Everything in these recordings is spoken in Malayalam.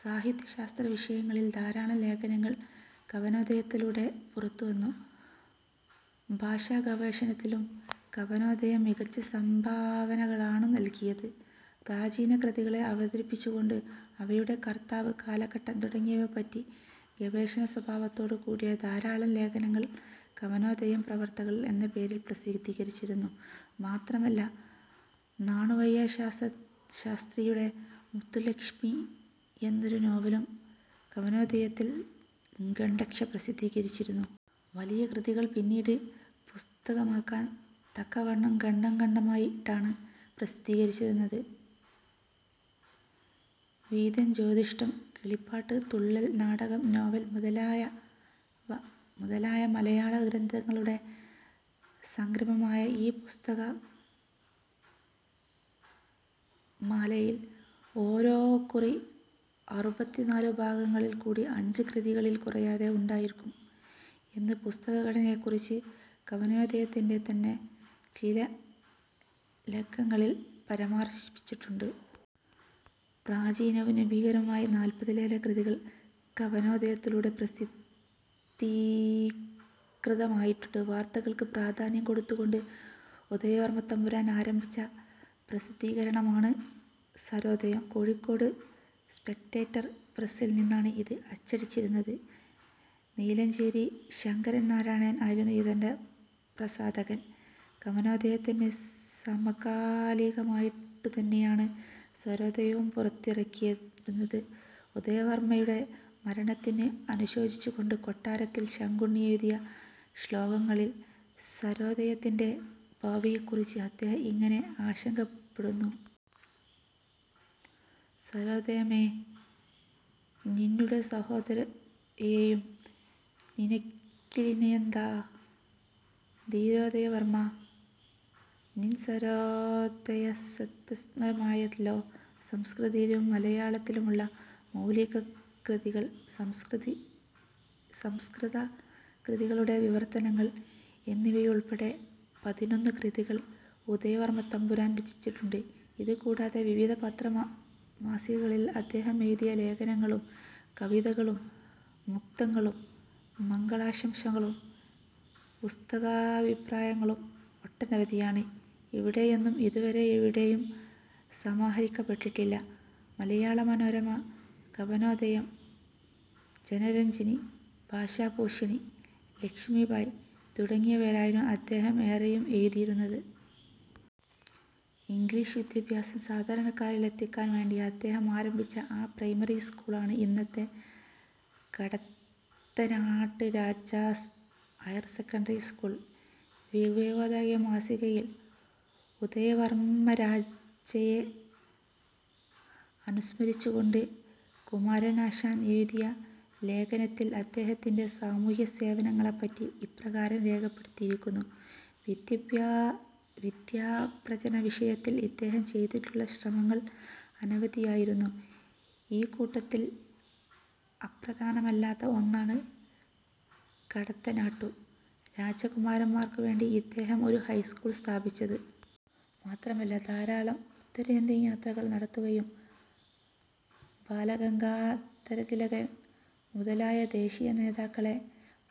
സാഹിത്യ-ശാസ്ത്ര വിഷയങ്ങളിൽ ധാരാളം ലേഖനങ്ങൾ കവനോദയത്തിലൂടെ പുറത്തുവന്നു. ഭാഷാഗവേഷണത്തിലും കവനോദയം മികച്ച സംഭാവനകളാണു നല്കിയത്. പ്രാചീനകൃതികളെ അവതരിപ്പിച്ചുകൊണ്ട് അവയുടെ കർത്താവ്, കാലഘട്ടം തുടങ്ങിയവയെപ്പറ്റി ഗവേഷണസ്വഭാവത്തോടുകൂടിയ ധാരാളം ലേഖനങ്ങൾ 'കവനോദയം പ്രവർത്തകർ' എന്ന പേരിൽ പ്രസിദ്ധീകരിച്ചിരുന്നു. മാത്രമല്ല നാണുവയ്യാ ശാസ്ത്രിയുടെ മുത്തുലക്ഷ്മി എന്നൊരു നോവലും കവനോദയത്തിൽ ഖണ്ഡശ്ശ പ്രസിദ്ധീകരിച്ചിരുന്നു. വലിയകൃതികൾ പിന്നീട് പുസ്തകമാക്കാൻ തക്കവണ്ണം ഖണ്ഡം ഖണ്ഡമായിട്ടാണ് പ്രസിദ്ധീകരിച്ചിരുന്നത്. 'വൈദ്യം, ജ്യോതിഷം, കിളിപ്പാട്ട്, തുള്ളൽ, നാടകം, നോവൽ മുതലയ മലയാള ഗ്രന്ഥങ്ങളുടെ സംഗ്രഹമായ ഈ പുസ്തകമാലയിൽ ഓരോകുറി അറുപത്തിനാലു ഭാഗങ്ങളിൽ കൂടി അഞ്ച് കൃതികളിൽ കുറയാതെ ഉണ്ടായിരിക്കും' എന്ന് പുസ്തക ഘടനയെക്കുറിച്ച് കവനോദയത്തിന്റെ തന്നെ ചില ലക്കങ്ങളിൽ പരാമർശിച്ചിട്ടുണ്ട്. പ്രാചീനവും നവീനവുമായി നാൽപ്പതിനേറെ കൃതികൾ കവനോദയത്തിലൂടെ പ്രസിദ്ധീകൃതമായിട്ടുണ്ട്. വാർത്തകൾക്ക് പ്രാധാന്യം കൊടുത്തുകൊണ്ട് ഉദയവർമ്മത്തമ്പുരാൻ ആരംഭിച്ച പ്രസിദ്ധീകരണമാണ് സാരോദയം. കോഴിക്കോട് സ്പെക്ടേറ്റർ പ്രസ്സിൽ നിന്നാണ് ഇത് അച്ചടിച്ചിരുന്നത്. നീലഞ്ചേരി ശങ്കരൻ നായർ ആയിരുന്നു ഇതിന്റെ പ്രസാധകൻ. കവനോദയത്തിന് സമകാലികമായിട്ടുതന്നെയാണ് സാരോദയവും പുറത്തിറങ്ങിയിരുന്നത്. ഉദയവർമ്മയുടെ മരണത്തിൽ അനുശോചിച്ചുകൊണ്ട് കൊട്ടാരത്തിൽ ശങ്കുണ്ണി എഴുതിയ ശ്ലോകങ്ങളിൽ സാരോദയത്തിന്റെ ഭാവിയെക്കുറിച്ച് അദ്ദേഹം ഇങ്ങനെ ആശങ്കപ്പെടുന്നു. 'സാരോദയമേ! നിന്നുടെസാരോദയവും നിനയ്ക്കിലിനിയെന്തോ! ധീരോദയവർമ്മാ നിൻസാരോദയസത്തരാസ്തമായല്ലോ' സംസ്കൃതത്തിലും മലയാളത്തിലുമുള്ള മൗലിക കൃതികൾ, സംസ്കൃത കൃതികളുടെ വിവർത്തനങ്ങൾ എന്നിവയുൾപ്പെടെ പതിനൊന്ന് കൃതികൾ ഉദയവർമ്മത്തമ്പുരാൻ രചിച്ചിട്ടുണ്ട്. ഇതുകൂടാതെ വിവിധ പത്ര മാസികകളിൽ അദ്ദേഹമെഴുതിയ ലേഖനങ്ങളും കവിതകളും മുക്തകങ്ങളും മംഗളാശംസകളും പുസ്തകാഭിപ്രായങ്ങളും ഒട്ടനവധിയാണ്. ഇവയൊന്നും ഇതുവരെ എവിടെയും സമാഹരിക്കപ്പെട്ടിട്ടില്ല. മലയാളമനോരമ, കവനോദയം, ജനരഞ്ജിനി, ഭാഷാപോഷിണി, ലക്ഷ്മീഭായ് തുടങ്ങിയവയിലായിരുന്നു അദ്ദേഹം ഏറെയും എഴുതിയിരുന്നത്. ഇംഗ്ലീഷ് വിദ്യാഭ്യാസം സാധാരണക്കാരിലെത്തിക്കാൻ വേണ്ടി അദ്ദേഹം ആരംഭിച്ച ആ പ്രൈമറി സ്കൂളാണ് ഇന്നത്തെ കടത്തനാട്ട് രാജാസ് ഹയർസെക്കന്ററി സ്കൂൾ. വിവേകോദയം മാസികയിൽ ഉദയവർമ്മരജയെ അനുസ്മരിച്ചുകൊണ്ട് കുമാരനാശാൻ എഴുതിയ ലേഖനത്തിൽ അദ്ദേഹത്തിന്റെ സാമൂഹ്യസേവനങ്ങളെപ്പറ്റി ഇപ്രകാരം രേഖപ്പെടുത്തിയിരിക്കുന്നു:'വിദ്യാപ്രചരണ വിഷയത്തിൽ ഇദ്ദേഹം ചെയ്തിട്ടുള്ള ശ്രമങ്ങൾ അനവധിയാകുന്നു. ഈ കൂട്ടത്തിൽ അപ്രധാനമല്ലാത്ത ഒന്നാണ് കടത്തനാട്ടു രാജകുമാരന്മാർക്കുവേണ്ടി ഇദ്ദേഹം ഒരു ഹൈസ്കൂൾ സ്ഥാപിച്ചത്. മാത്രമല്ല ധാരാളം ഉത്തരേന്ത്യൻ യാത്രകൾ നടത്തുകയും ബാലഗംഗാധരതിലകൻ മുതലായ ദേശീയനേതാക്കളെ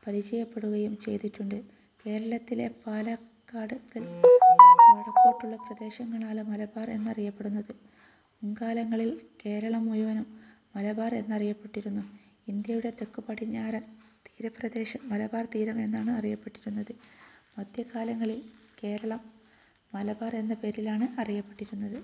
പരിചയപ്പെടുകയും ചെയ്ചിട്ടുണ്ട്. കേരളത്തിലെ പാലക്കാട് മുതൽ വടക്കോട്ടുള്ള പ്രദേശങ്ങളാണ് മലബാർ എന്നറിയപ്പെടുന്നത്. മുൻകാലങ്ങളിൽ കേരളം മുഴുവനും മലബാർ എന്നറിയപ്പെട്ടിരുന്നു. ഇന്ത്യയുടെ തെക്കുപടിഞ്ഞാറൻ തീരപ്രദേശം മലബാർ തീരം എന്നാണ് അറിയപ്പെടുന്നത്. മധ്യ കാലഘട്ടത്തിൽ കേരളം മലബാർ എന്ന പേരിലാണ് അറിയപ്പെട്ടിരുന്നത്.